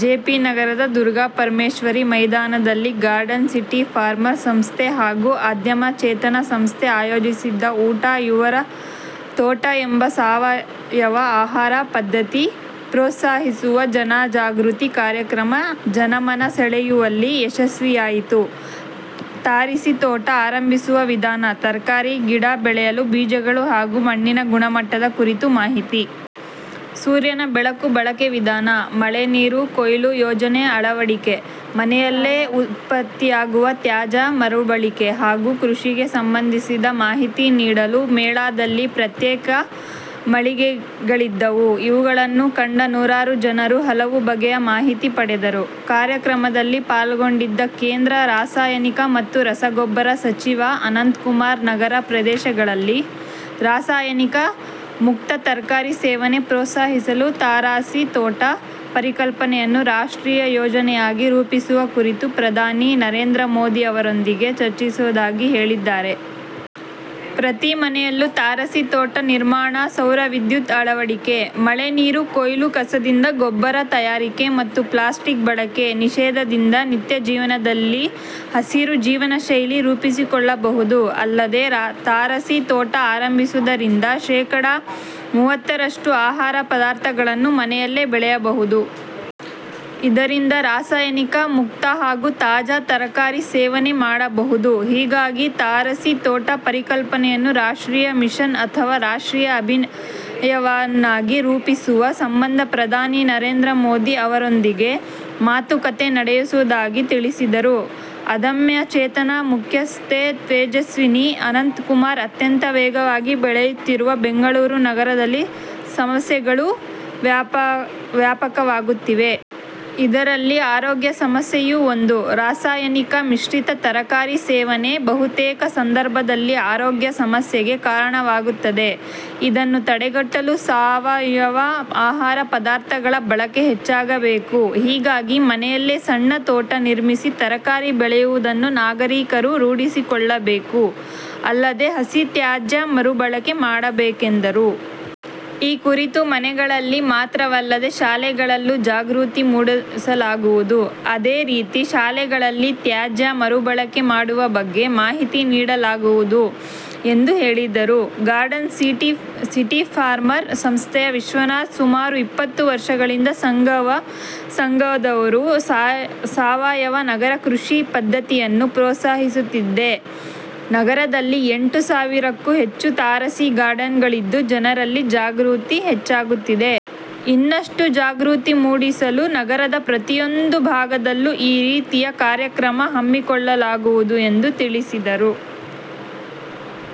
J. P. ನಗರದ ದುರ್ಗಾಪರಮೇಶ್ವರಿ ಮೈದಾನದಲ್ಲಿ garden city farmer ಸಂಸ್ಥೆ ಹಾಗೂ ಅದಮ್ಯ ಚೇತನ ಸಂಸ್ಥೆ ಆಯೋಜಿಸಿದ್ದ ಊಟ ಯುವರ್ ತೋಟ ಎಂಬ ಸಾವಯವ ಆಹಾರ ಪದ್ಧತಿ ಪ್ರೋತ್ಸಾಹಿಸುವ ಜನಜಾಗೃತಿ ಕಾರ್ಯಕ್ರಮ ಜನಮನ ಸೆಳೆಯುವಲ್ಲಿ ಯಶಸ್ವಿಯಾಯಿತು. ತಾರಸಿ ತೋಟ ಆರಂಭಿಸುವ ವಿಧಾನ. ತರಕಾರಿ ಗಿಡ ಬೆಳೆಯಲು ಬೀಜಗಳು ಹಾಗೂ ಮಣ್ಣಿನ ಗುಣಮಟ್ಟದ ಕುರಿತು ಮಾಹಿತಿ. ಸೂರ್ಯನ ಬೆಳಕು ಬಳಕೆ ವಿಧಾನ. ಮಳೆ ನೀರು ಕೊಯ್ಲು ಯೋಜನೆ ಅಳವಡಿಕೆ. ಮನೆಯಲ್ಲೇ ಉತ್ಪತ್ತಿಯಾಗುವ ತ್ಯಾಜ್ಯ ಮರುಬಳಕೆ ಹಾಗೂ ಕೃಷಿಗೆ ಸಂಬಂಧಿಸಿದ ಮಾಹಿತಿ ನೀಡಲು ಮೇಳದಲ್ಲಿ ಪ್ರತ್ಯೇಕ ಮಳಿಗೆಗಳಿದ್ದವು. ಇವುಗಳನ್ನು ಕಂಡ ನೂರಾರು ಜನರು ಹಲವು ಬಗೆಯ ಮಾಹಿತಿ ಪಡೆದರು. ಕಾರ್ಯಕ್ರಮದಲ್ಲಿ ಪಾಲ್ಗೊಂಡಿದ್ದ ಕೇಂದ್ರ ರಾಸಾಯನಿಕ ಮತ್ತು ರಸಗೊಬ್ಬರ ಸಚಿವ ಅನಂತಕುಮಾರ್ ನಗರ ಪ್ರದೇಶಗಳಲ್ಲಿ ರಾಸಾಯನಿಕ ಮುಕ್ತ ತರಕಾರಿ ಸೇವನೆ ಪ್ರೋತ್ಸಾಹಿಸಲು ತಾರಸಿ ತೋಟ ಪರಿಕಲ್ಪನೆಯನ್ನು ರಾಷ್ಟ್ರೀಯ ಯೋಜನೆಯಾಗಿ ರೂಪಿಸುವ ಕುರಿತು ಪ್ರಧಾನಿ ನರೇಂದ್ರ ಮೋದಿ ಅವರೊಂದಿಗೆ ಚರ್ಚಿಸುವುದಾಗಿ ಹೇಳಿದ್ದಾರೆ. ಪ್ರತಿ ಮನೆಯಲ್ಲೂ ತಾರಸಿ ತೋಟ ನಿರ್ಮಾಣ. ಸೌರವಿದ್ಯುತ್ ಅಳವಡಿಕೆ. ಮಳೆ ನೀರು ಕೊಯ್ಲು. ಕಸದಿಂದ ಗೊಬ್ಬರ ತಯಾರಿಕೆ ಮತ್ತು ಪ್ಲಾಸ್ಟಿಕ್ ಬಳಕೆ ನಿಷೇಧದಿಂದ ನಿತ್ಯ ಜೀವನದಲ್ಲಿ ಹಸಿರು ಜೀವನ ಶೈಲಿ ರೂಪಿಸಿಕೊಳ್ಳಬಹುದು. ಅಲ್ಲದೆ ತಾರಸಿ ತೋಟ ಆರಂಭಿಸುವುದರಿಂದ ಶೇ. ಮೂವತ್ತರಷ್ಟು ಆಹಾರ ಪದಾರ್ಥಗಳನ್ನು ಮನೆಯಲ್ಲೇ ಬೆಳೆಯಬಹುದು. ಇದರಿಂದ ರಾಸಾಯನಿಕ ಮುಕ್ತ ಹಾಗೂ ತಾಜಾ ತರಕಾರಿ ಸೇವನೆ ಮಾಡಬಹುದು. ಹೀಗಾಗಿ ತಾರಸಿ ತೋಟ ಪರಿಕಲ್ಪನೆಯನ್ನು ರಾಷ್ಟ್ರೀಯ ಮಿಷನ್ ಅಥವಾ ರಾಷ್ಟ್ರೀಯ ಅಭಿಯಾನವನ್ನಾಗಿ ರೂಪಿಸುವ ಸಂಬಂಧ ಪ್ರಧಾನಿ ನರೇಂದ್ರ ಮೋದಿ ಅವರೊಂದಿಗೆ ಮಾತುಕತೆ ನಡೆಸುವುದಾಗಿ ತಿಳಿಸಿದರು. ಅದಮ್ಯ ಚೇತನ ಮುಖ್ಯಸ್ಥೆ ತೇಜಸ್ವಿನಿ ಅನಂತಕುಮಾರ್ ಅತ್ಯಂತ ವೇಗವಾಗಿ ಬೆಳೆಯುತ್ತಿರುವ ಬೆಂಗಳೂರು ನಗರದಲ್ಲಿ ಸಮಸ್ಯೆಗಳೂ ವ್ಯಾಪಕವಾಗುತ್ತಿವೆ. ಇದರಲ್ಲಿ ಆರೋಗ್ಯ ಸಮಸ್ಯೆಯೂ ಒಂದು. ರಾಸಾಯನಿಕ ಮಿಶ್ರಿತ ತರಕಾರಿ ಸೇವನೆ ಬಹುತೇಕ ಸಂದರ್ಭದಲ್ಲಿ ಆರೋಗ್ಯ ಸಮಸ್ಯೆಗೆ ಕಾರಣವಾಗುತ್ತದೆ. ಇದನ್ನು ತಡೆಗಟ್ಟಲು ಸಾವಯವ ಆಹಾರ ಪದಾರ್ಥಗಳ ಬಳಕೆ ಹೆಚ್ಚಾಗಬೇಕು. ಹೀಗಾಗಿ ಮನೆಯಲ್ಲೇ ಸಣ್ಣ ತೋಟ ನಿರ್ಮಿಸಿ ತರಕಾರಿ ಬೆಳೆಯುವುದನ್ನು ನಾಗರಿಕರು ರೂಢಿಸಿಕೊಳ್ಳಬೇಕು. ಅಲ್ಲದೆ ಹಸಿ ತ್ಯಾಜ್ಯ ಮರುಬಳಕೆ ಮಾಡಬೇಕು ಎಂದರು. ಈ ಕುರಿತು ಮನೆಗಳಲ್ಲಿ ಮಾತ್ರವಲ್ಲದೆ ಶಾಲೆಗಳಲ್ಲೂ ಜಾಗೃತಿ ಮೂಡಿಸಲಾಗುವುದು. ಅದೇರೀತಿ ಶಾಲೆಗಳಲ್ಲಿ ತ್ಯಾಜ್ಯ ಮರುಬಳಕೆ ಮಾಡುವ ಬಗ್ಗೆ ಮಾಹಿತಿ ನೀಡಲಾಗುವುದು ಎಂದು ಹೇಳಿದರು. ಗಾರ್ಡನ್ ಸಿಟಿ ಫಾರ್ಮರ್ ಸಂಸ್ಥೆಯ ವಿಶ್ವನಾಥ್ ಸುಮಾರು ಇಪ್ಪತ್ತು ವರ್ಷಗಳಿಂದ ಸಂಘವು ಸಾವಯವ ನಗರ ಕೃಷಿ ಪದ್ಧತಿಯನ್ನು ಪ್ರೋತ್ಸಾಹಿಸುತ್ತಿದೆ. ನಗರದಲ್ಲಿ ಎಂಟು ಸಾವಿರಕ್ಕೂ ಹೆಚ್ಚು ತಾರಸಿ ಗಾರ್ಡನ್‌ಗಳಿದ್ದು ಜನರಲ್ಲಿ ಜಾಗೃತಿ ಹೆಚ್ಚಾಗುತ್ತಿದೆ. ಇನ್ನಷ್ಟು ಜಾಗೃತಿ ಮೂಡಿಸಲು ನಗರದ ಪ್ರತಿಯೊಂದು ಭಾಗದಲ್ಲೂ ಈ ರೀತಿಯ ಕಾರ್ಯಕ್ರಮ ಹಮ್ಮಿಕೊಳ್ಳಲಾಗುವುದು ಎಂದು ತಿಳಿಸಿದರು.